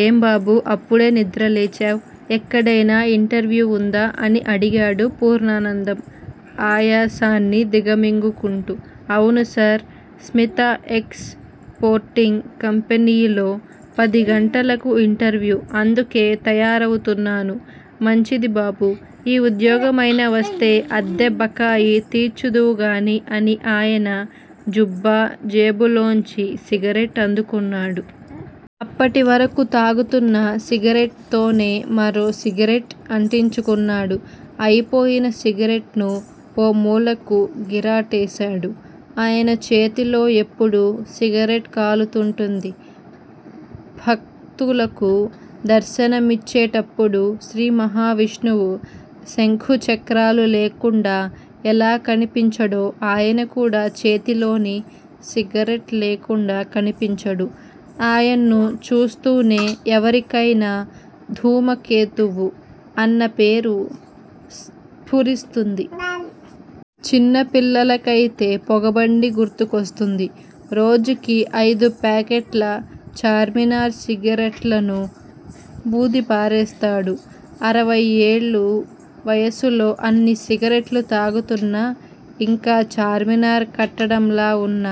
ఏం బాబూ! అప్పుడే నిద్రలేచావ్! ఎక్కడైనా ఇంటర్వ్యూ వుందా? అని అడిగాడు పూర్ణానందం ఆయాసాన్ని దిగమింగుకుంటూ. అవును సార్. స్మిత ఎక్స్ పోర్టింగ్ కంపెనీలో పదిగంటలకు ఇంటర్వ్యూ. అందుకే తయారవుతున్నాను. మంచిది బాబూ. ఈ ఉద్యోగం అయినా వస్తే అద్దె బకాయి తీర్చుదువుగానీ అని ఆయన జుబ్బా జేబులోంచి సిగరెట్ అందుకున్నాడు. అప్పటివరకు తాగుతున్న సిగరెట్ తోనే మరో సిగరెట్ అంటించుకున్నాడు. అయిపోయిన సిగరెట్ ను ఓ మూలకు గిరాటేశాడు. ఆయన చేతిలో ఎప్పుడూ సిగరెట్ కాలుతుంటుంది. భక్తులకు దర్శనమిచ్చేటప్పుడు శ్రీ మహావిష్ణువు శంఖుచక్రాలు లేకుండా ఎలా కనిపించడో ఆయన కూడా చేతిలోని సిగరెట్ లేకుండా కనిపించడు. ఆయన్ను చూస్తూనే ఎవరికైనా 'ధూమకేతువు' అన్న పేరు స్ఫురిస్తుంది. చిన్న పిల్లలకయితే పొగబండి గుర్తుకొస్తుంది. రోజుకి అయిదు ప్యాకెట్ల చార్మినార్ సిగరెట్లను వూదిపారేస్తాడు. అరవయేళ్ళ వయసులో అన్ని సిగరెట్లు తాగుతున్నా ఇంకా చార్మినార్ కట్టడంలా వున్న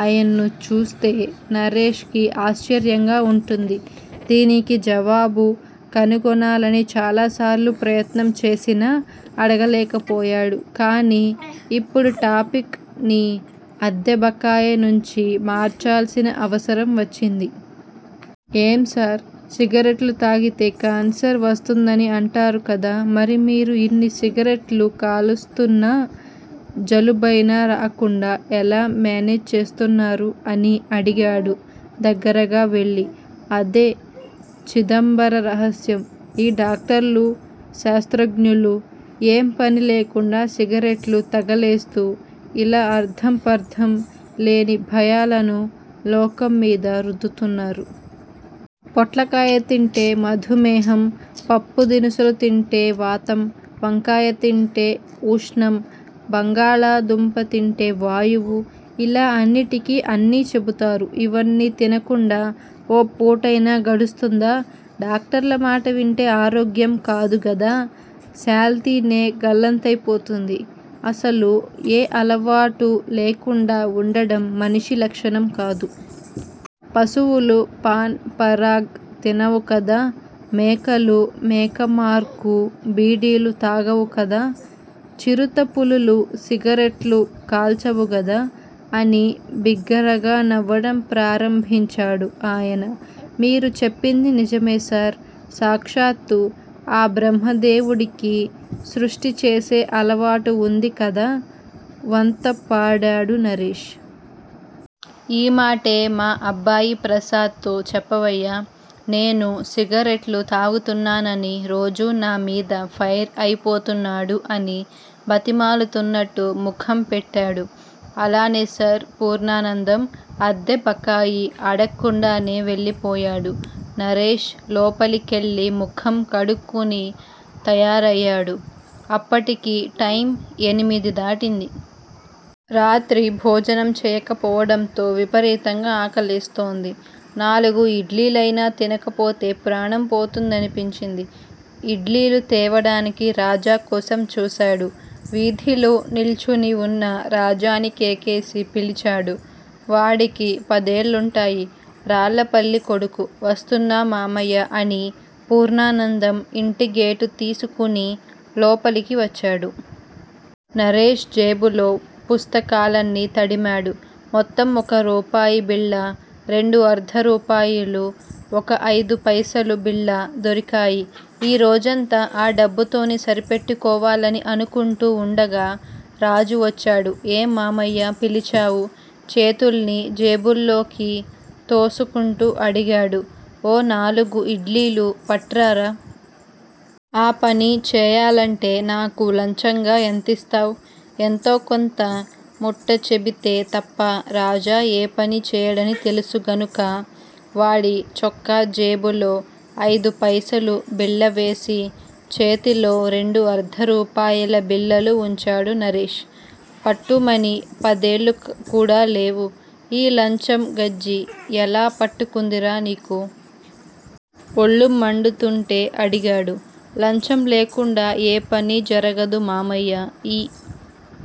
ఆయన్ను చూస్తే నరేష్ కి ఆశ్చర్యంగా వుంటుంది. దీనికి జవాబు కనుగొనాలని చాలాసార్లు ప్రయత్నం చేసినా అడగలేకపోయాడు. కానీ ఇప్పుడు టాపిక్ ని అద్దె బకాయి నుంచి మార్చాల్సిన అవసరం వచ్చింది. ఏం సార్! సిగరెట్లు తాగితే కాన్సర్ వస్తుందని అంటారు కదా. మరి మీరు ఇన్ని సిగరెట్లు కాలుస్తున్నా జలుబైనా రాకుండా ఎలా మేనేజ్ చేస్తున్నారు? అని అడిగాడు దగ్గరగా వెళ్ళి. అదే చిదంబర రహస్యం. ఈ డాక్టర్లు, శాస్త్రజ్ఞులు ఏం పని లేకుండా సిగరెట్లు తగలేస్తూ ఇలా అర్థంపర్థం లేని భయాలను లోకం మీద రుద్దుతున్నారు. పొట్లకాయ తింటే మధుమేహం, పప్పు దినుసులు తింటే వాతం, వంకాయ తింటే ఊష్ణం, బంగాళాదుంప తింటే వాయువు ఇలా అన్నిటికీ అన్నీ చెబుతారు. ఇవన్నీ తినకుండా ఓ పూటైనా గడుస్తుందా? డాక్టర్ల మాట వింటే ఆరోగ్యం కాదుగదా శాల్తీనే గల్లంతైపోతుంది. అసలు ఏ అలవాటూ లేకుండా వుండడం మనిషి లక్షణం కాదు. పశువులు పాన్ పరాగ్ తినవు కదా. మేకలు మేకమార్కు బీడీలు తాగవు కదా. చిరుతపులులు సిగరెట్లు కాల్చవుగదా అని బిగ్గరగా నవ్వడం ప్రారంభించాడు ఆయన. మీరు చెప్పింది నిజమే సార్. సాక్షాత్తు ఆ బ్రహ్మదేవుడికి సృష్టి చేసే అలవాటు వుంది కదా వంత పాడాడు నరేష్. ఈ మాటే మా అబ్బాయి ప్రసాద్ తో చెప్పవయ్యా, నేను సిగరెట్లు తాగుతున్నానని రోజూ నామీద ఫైర్ అయిపోతున్నాడు అని బతిమాలుతున్నట్టు ముఖం పెట్టాడు. అలానే సార్ పూర్ణానందం అద్దెబకాయి అడక్కుండానే వెళ్ళిపోయాడు. నరేష్ లోపలికెళ్ళి ముఖం కడుక్కుని తయారయ్యాడు. అప్పటికి టైమ్ ఎనిమిది దాటింది. రాత్రి భోజనం చేయకపోవడంతో విపరీతంగా ఆకలేస్తోంది. నాలుగు ఇడ్లీలైనా తినకపోతే ప్రాణం పోతుందనిపించింది. ఇడ్లీలు తేవడానికి రాజా కోసం చూశాడు. వీధిలో నిల్చుని వున్న రాజాని కేకేసి పిలిచాడు. వాడికి పదేళ్లుంటాయి. రాళ్ళపల్లి కొడుకు. వస్తున్నా మామయ్యా! అని పూర్ణానందం ఇంటిగేటు తీసుకుని లోపలికి వచ్చాడు. నరేష్ జేబులో, పుస్తకాలన్నీ తడిమాడు. మొత్తం ఒక రూపాయి బిళ్ళ, రెండు అర్థరూపాయలు, ఒక ఐదుపైసలు బిళ్ళా దొరికాయి. ఈ రోజంతా ఆ డబ్బుతోనే సరిపెట్టుకోవాలని అనుకుంటూ వుండగా రాజు వచ్చాడు. ఏం మామయ్యా! పిలిచావు చేతుల్ని జేబుల్లోకి తోసుకుంటూ అడిగాడు. ఓ నాలుగు ఇడ్లీలు పట్రారా. ఆ పని చేయాలంటే నాకు లంచంగా ఎంతిస్తావ్? ఎంతో కొంత ముట్టచెబితే తప్ప రాజా ఏ పనీ చేయడని తెలుసు గనుక వాడి చొక్కా జేబులో ఐదుపైసలు బిళ్ళవేసి చేతిలో రెండు అర్థరూపాయల బిళ్ళలు వుంచాడు నరేష్. పట్టుమని పదేళ్ళు కూడా లేవు, ఈ లంచం గజ్జి ఎలా పట్టుకుందిరా నీకు? ఒళ్ళు మండుతుంటే అడిగాడు. లంచం లేకుండా ఏ పనీ జరగదు మామయ్యా. ఈ